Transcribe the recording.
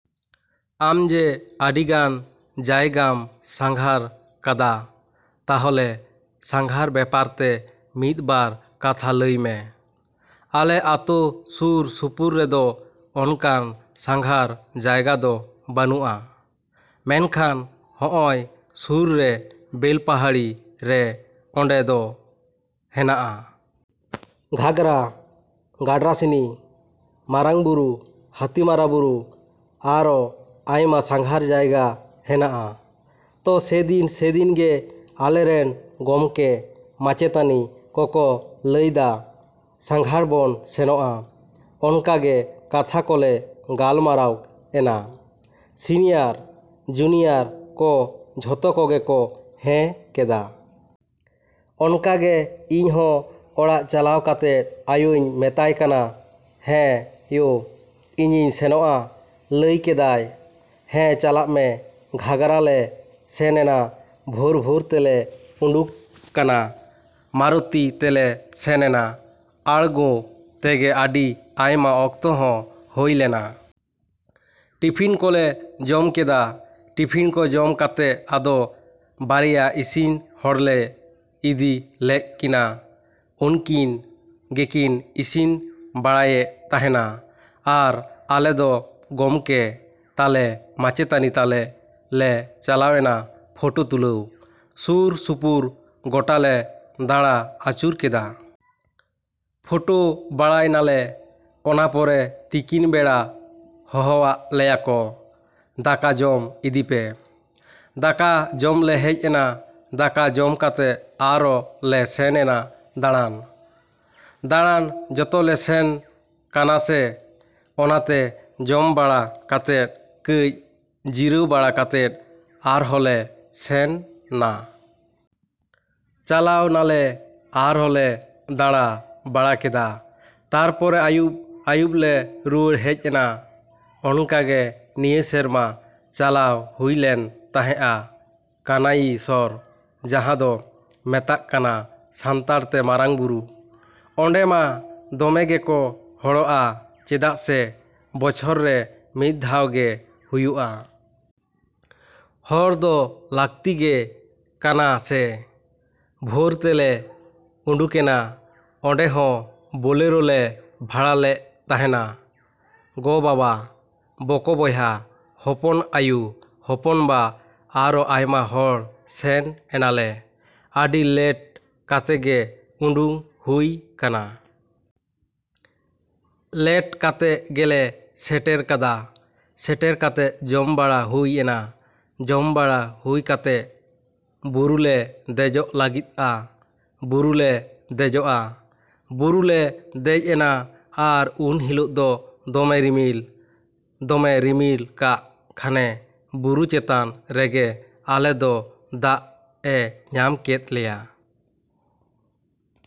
‎ᱟᱢ ᱡᱮ ᱟᱹᱰᱤᱜᱟᱱ ᱡᱟᱭᱜᱟᱢ ᱥᱟᱸᱜᱷᱟᱨ ᱠᱟᱫᱟ, ᱛᱟᱦᱚᱞᱮ ᱥᱟᱸᱜᱷᱟᱨ ᱵᱮᱯᱟᱨ ᱛᱮ ᱢᱤᱫ ᱵᱟᱨ ᱠᱟᱛᱷᱟ ᱞᱟᱹᱭ ᱢᱮ᱾ ᱟᱞᱮ ᱟᱛᱳ ᱥᱩᱨ ᱥᱩᱯᱩᱨ ᱨᱮᱫᱚ ᱚᱱᱠᱟᱱ ᱥᱟᱸᱜᱷᱟᱨ ᱡᱟᱭᱜᱟ ᱫᱚ ᱵᱟᱹᱱᱩᱜᱼᱟ, ᱢᱮᱱᱠᱷᱟᱱ ᱦᱚᱜᱼᱚᱭ ᱥᱩᱨ ᱨᱮ ᱵᱮᱞᱯᱟᱦᱟᱲᱤ ᱨᱮ ᱚᱸᱰᱮ ᱫᱚ ᱦᱮᱱᱟᱜᱼᱟ᱾ ᱜᱷᱟᱜᱽᱨᱟ, ᱜᱟᱰᱨᱟᱥᱤᱱᱤ, ᱢᱟᱨᱟᱝᱼᱵᱩᱨᱩ, ᱦᱟᱹᱛᱤ ᱢᱟᱨᱟ ᱵᱩᱨᱩ, ᱟᱨᱚ ᱟᱭᱢᱟ ᱥᱟᱸᱜᱷᱟᱨ ᱡᱟᱭᱜᱟ ᱦᱮᱱᱟᱜᱼᱟ᱾ ᱛᱚ ᱥᱮᱫᱤᱱ ᱥᱮᱫᱤᱱ ᱜᱮ ᱟᱞᱮᱨᱮᱱ ᱜᱚᱢᱠᱮ ᱢᱟᱪᱮᱛᱟᱹᱱᱤ ᱠᱚᱠᱚ ᱞᱟᱹᱭᱫᱟ ᱥᱟᱸᱜᱷᱟᱨ ᱵᱚᱱ ᱥᱮᱱᱚᱜᱼᱟ᱾ ᱚᱱᱠᱟᱜᱮ ᱠᱟᱛᱷᱟ ᱠᱚᱞᱮ ᱜᱟᱞᱢᱟᱨᱟᱣ ᱮᱱᱟ᱾ ᱥᱤᱱᱤᱭᱟᱨ ᱡᱩᱱᱤᱭᱟᱨ ᱠᱚ ᱡᱷᱚᱛᱚ ᱠᱚᱜᱮ ᱠᱚ ᱦᱮᱸ ᱠᱮᱫᱟ᱾ ᱚᱱᱠᱟᱜᱮ ᱤᱧ ᱦᱚᱸ ᱚᱲᱟᱜ ᱪᱟᱞᱟᱣ ᱠᱟᱛᱮ ᱟᱭᱳᱧ ᱢᱮᱛᱟᱭ ᱠᱟᱱᱟ, "ᱦᱮᱸ ᱭᱳ, ᱤᱧᱤᱧ ᱥᱮᱱᱚᱜᱼᱟ᱾" ᱞᱟᱹᱭ ᱠᱮᱫᱟᱭ, "ᱦᱮᱸ, ᱪᱟᱞᱟᱜ ᱢᱮ᱾" ᱜᱷᱟᱜᱽᱨᱟ ᱞᱮ ᱥᱮᱱ ᱮᱱᱟ᱾ ᱵᱷᱳᱨ ᱵᱷᱳᱨ ᱛᱮᱞᱮ ᱩᱰᱩᱝ ᱠᱟᱱᱟ᱾ ᱢᱟᱨᱚᱛᱤ ᱛᱮᱞᱮ ᱥᱮᱱ ᱮᱱᱟ᱾ ᱟᱬᱜᱳ ᱛᱮᱜᱮ ᱟᱹᱰᱤ ᱟᱭᱢᱟ ᱚᱠᱛᱚ ᱦᱚᱸ ᱦᱳᱭ ᱞᱮᱱᱟ᱾ ᱴᱤᱯᱷᱤᱱ ᱠᱚᱞᱮ ᱡᱚᱢ ᱠᱮᱫᱟ᱾ ᱴᱤᱯᱷᱤᱱ ᱠᱚ ᱡᱚᱢ ᱠᱟᱛᱮ ᱟᱫᱚ ᱵᱟᱨᱭᱟ ᱤᱥᱤᱱ ᱦᱚᱲᱞᱮ ᱤᱫᱤ ᱞᱮᱜ ᱠᱤᱱᱟ᱾ ᱩᱱᱠᱤᱱ ᱜᱮᱠᱤᱱ ᱤᱥᱤᱱ ᱵᱟᱲᱟᱭᱮᱜ ᱛᱟᱦᱮᱱᱟ᱾ ᱟᱨ ᱟᱞᱮ ᱫᱚ ᱜᱚᱢᱠᱮ ᱛᱟᱞᱮ, ᱢᱟᱪᱮᱛᱟᱹᱱᱤ ᱛᱟᱞᱮ ᱞᱮ ᱪᱟᱞᱟᱣ ᱮᱱᱟ ᱯᱷᱳᱴᱳ ᱛᱩᱞᱟᱹᱣ᱾ ᱥᱩᱨ ᱥᱩᱯᱩᱨ ᱜᱳᱴᱟᱞᱮ ᱫᱟᱬᱟ ᱟᱹᱪᱩᱨ ᱠᱮᱫᱟ᱾ ᱯᱷᱳᱴᱳ ᱵᱟᱲᱟᱭ ᱱᱟᱞᱮ᱾ ᱚᱱᱟ ᱯᱚᱨᱮ ᱛᱤᱠᱤᱱ ᱵᱮᱲᱟ ᱦᱚᱦᱚᱣᱟᱜ ᱞᱮᱭᱟᱠᱚ, "ᱫᱟᱠᱟ ᱡᱚᱢ ᱤᱫᱤ ᱯᱮ᱾" ᱫᱟᱠᱟ ᱡᱚᱢᱞᱮ ᱦᱮᱡ ᱮᱱᱟ᱾ ᱫᱟᱠᱟ ᱡᱚᱢ ᱠᱟᱛᱮ ᱟᱨᱚ ᱞᱮ ᱥᱮᱱ ᱮᱱᱟ ᱫᱟᱬᱟᱱ᱾ ᱫᱟᱬᱟᱱ ᱡᱚᱛᱞᱮ ᱥᱮᱱ ᱠᱟᱱᱟ ᱥᱮ, ᱚᱱᱟᱛᱮ ᱡᱚᱢ ᱵᱟᱲᱟ ᱠᱟᱛᱮ ᱠᱟᱹᱡ ᱡᱤᱨᱟᱹᱣ ᱵᱟᱲᱟ ᱠᱟᱛᱮ ᱟᱨᱦᱚᱸ ᱞᱮ ᱥᱮᱱ ᱱᱟ᱾ ᱪᱟᱞᱟᱣ ᱱᱟᱞᱮ ᱟᱨᱚ ᱞᱮ ᱫᱟᱬᱟ ᱵᱟᱲᱟ ᱠᱮᱫᱟ᱾ ᱛᱟᱨᱯᱚᱨᱮ ᱟᱹᱭᱩᱵ ᱟᱹᱭᱩᱵᱞᱮ ᱨᱩᱣᱟᱹᱲ ᱦᱮᱡ ᱮᱱᱟ᱾ ᱚᱱᱠᱟᱜᱮ ᱱᱤᱭᱟᱹ ᱥᱮᱨᱢᱟ ᱪᱟᱞᱟᱣ ᱦᱩᱭ ᱞᱮᱱ ᱛᱟᱦᱮᱜᱼᱟ ᱠᱟᱱᱟᱭᱤᱥᱚᱨ ᱡᱟᱦᱟᱸ ᱫᱚ ᱢᱮᱛᱟᱜ ᱠᱟᱱᱟ ᱥᱟᱱᱛᱟᱲ ᱛᱮ ᱢᱟᱨᱟᱝᱼᱵᱩᱨᱩ, ᱚᱸᱰᱮ ᱢᱟ ᱫᱚᱢᱮ ᱜᱮᱠᱚ ᱦᱚᱲᱚᱜᱼᱟ ᱪᱮᱫᱟᱜ ᱥᱮ ᱵᱚᱪᱷᱚᱨ ᱨᱮ ᱢᱤᱫ ᱫᱷᱟᱣ ᱜᱮ ᱦᱩᱭᱩᱜᱼᱟ᱾ ᱦᱚᱲ ᱫᱚ ᱞᱟᱹᱠᱛᱤ ᱜᱮ ᱠᱟᱱᱟ ᱥᱮ ᱵᱷᱳᱨ ᱛᱮᱞᱮ ᱩᱰᱩᱠᱮᱱᱟ᱾ ᱚᱸᱰᱮ ᱦᱚᱸ ᱵᱳᱞᱮᱨᱳ ᱞᱮ ᱵᱷᱟᱲᱟ ᱞᱮᱜ ᱛᱟᱦᱮᱱᱟ᱾ ᱜᱚᱼᱵᱟᱵᱟ, ᱵᱚᱠᱚ ᱵᱚᱭᱦᱟ, ᱦᱚᱯᱚᱱ ᱟᱹᱭᱩ, ᱦᱚᱯᱚᱱᱵᱟ ᱟᱨᱚ ᱟᱭᱢᱟ ᱦᱚᱲ ᱥᱮᱱ ᱮᱱᱟᱞᱮ᱾ ᱟᱹᱰᱤ ᱞᱮᱴ ᱠᱟᱛᱮ ᱜᱮ ᱩᱰᱩᱝ ᱦᱩᱭ ᱠᱟᱱᱟ᱾ ᱞᱮᱴ ᱠᱟᱛᱮ ᱜᱮᱞᱮ ᱥᱮᱴᱮᱨ ᱠᱟᱫᱟ᱾ ᱥᱮᱴᱮᱨ ᱠᱟᱛᱮ ᱡᱚᱢ ᱵᱟᱲᱟ ᱦᱩᱭ ᱮᱱᱟ᱾ ᱡᱚᱢ ᱵᱟᱲᱟ ᱦᱩᱭ ᱠᱟᱛᱮ ᱵᱩᱨᱩᱞᱮ ᱫᱮᱡᱚᱜ ᱞᱟᱹᱜᱤᱫᱼᱟ᱾ ᱵᱩᱨᱩᱞᱮ ᱫᱮᱡᱚᱜᱼᱟ᱾ ᱵᱩᱨᱩᱞᱮ ᱫᱮᱡ ᱮᱱᱟ ᱟᱨ ᱩᱱ ᱦᱤᱞᱳᱜ ᱫᱚ ᱫᱚᱢᱮ ᱨᱤᱢᱤᱞ, ᱫᱚᱢᱮ ᱨᱤᱢᱤᱞ ᱠᱟᱜ ᱠᱷᱟᱱᱮ ᱵᱩᱨᱩ ᱪᱮᱛᱟᱱ ᱨᱮᱜᱮ ᱟᱞᱮ ᱫᱚ ᱫᱟᱜ ᱮ ᱧᱟᱢ ᱠᱮᱫ ᱞᱮᱭᱟ᱾